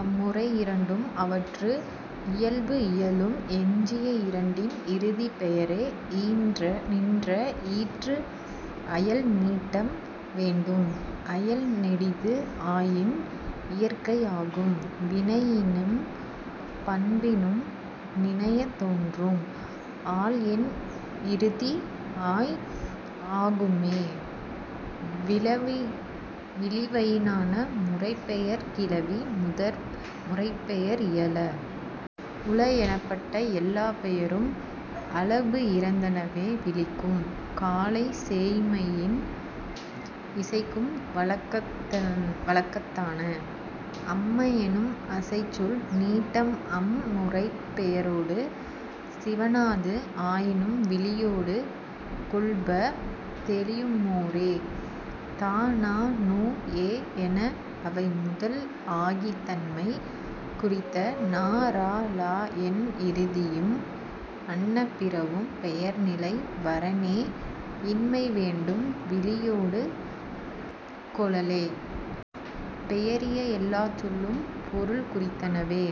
அம் முறை இரண்டும் அவற்று இயல்பு இயலும். எஞ்சிய இரண்டின் இறுதிப் பெயரே நின்ற ஈற்று அயல் நீட்டம் வேண்டும். அயல் நெடிது ஆயின் இயற்கை ஆகும். வினையினும் பண்பினும் நினையத் தோன்றும் ஆள் என் இறுதி ஆய் ஆகும்மே விளிவயினான. முறைப்பெயர்க் கிளவி முறைப்பெயர் இயல. உள எனப்பட்ட எல்லாப் பெயரும் அளபு இறந்தனவே விளிக்கும் காலை சேய்மையின் இசைக்கும் வழக்கத்தான. அம்ம என்னும் அசைச்சொல் நீட்டம் அம் முறைப்பெயரொடு சிவணாது ஆயினும் விளியொடு கொள்ப தெளியுமோரே. த ந நு எ என அவை முதல் ஆகித் தன்மை குறித்த ன ர ள என் இறுதியும் அன்ன பிறவும் பெயர் நிலை வரனே இன்மை வேண்டும் விளியொடு கொளலே.. பெயரியல் எல்லாச் சொல்லும் பொருள் குறித்தனவே.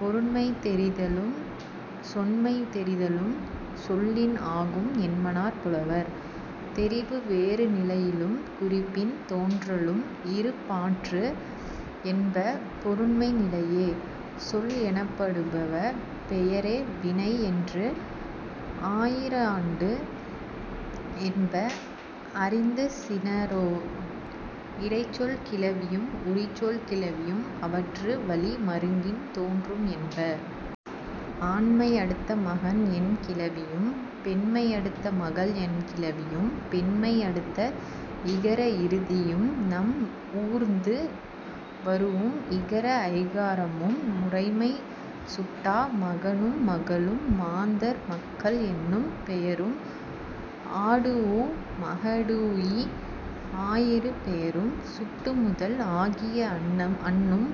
பொருண்மை தெரிதலும் சொன்மை தெரிதலும் சொல்லின் ஆகும் என்மனார் புலவர். தெரிபு வேறு நிலையலும் குறிப்பின் தோன்றலும் இரு பாற்று என்ப பொருண்மை நிலையே. சொல் எனப்படுப பெயரே வினை என்று ஆயிராண்டு என்ப அறிந்திசினோரே. இடைச்சொல் கிளவியும் உரிச்சொல் கிளவியும் அவற்று வழி மருங்கின் தோன்றும் என்ப. ஆண்மை அடுத்த மகன் என் கிளவியும் பெண்மை அடுத்த மகள் என் கிளவியும் பெண்மை அடுத்த இகர இறுதியும் நம் ஊர்ந்து வரூஉம் இகர ஐகாரமும் முறைமை சுட்டா மகனும் மகளும் மாந்தர் மக்கள் என்னும் பெயரும் ஆடூஉ மகடூஉ ஆயிரு பெயரும் சுட்டு முதல் ஆகிய அன்னும்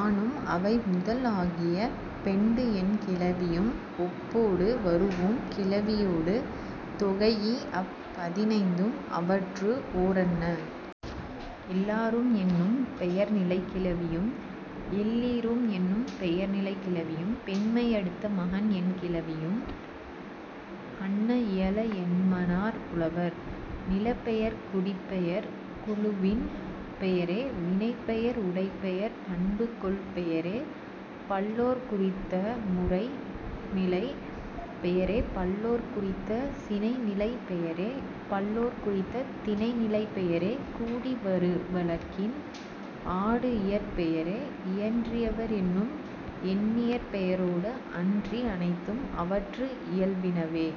ஆனும் அவை முதல் ஆகிய பெண்டு என் கிளவியும் ஒப்பொடு வரூஉம் கிளவியொடு தொகைஇ அப் பதினைந்தும் அவற்று ஓரன்ன. எல்லாரும் என்னும் பெயர்நிலைக் கிளவியும் எல்லீரும் என்னும் பெயர்நிலைக் கிளவியும் பெண்மை அடுத்த மகன் என் கிளவியும் அன்ன இயல என்மனார் புலவர். நிலப் பெயர் குடிப் பெயர் குழுவின் பெயரே வினைப் பெயர் உடைப் பெயர் பண்பு கொள் பெயரே பல்லோர்க் குறித்த முறை நிலைப் பெயரே பல்லோர்க் குறித்த சினை நிலைப் பெயரே பல்லோர்க் குறித்த திணை நிலைப் பெயரே கூடி வரு வழக்கின் ஆடு இயற் பெயரே இன்றிவர் என்னும் எண்ணியற் பெயரொடு அன்றி அனைத்தும் அவற்று இயல்பினவே.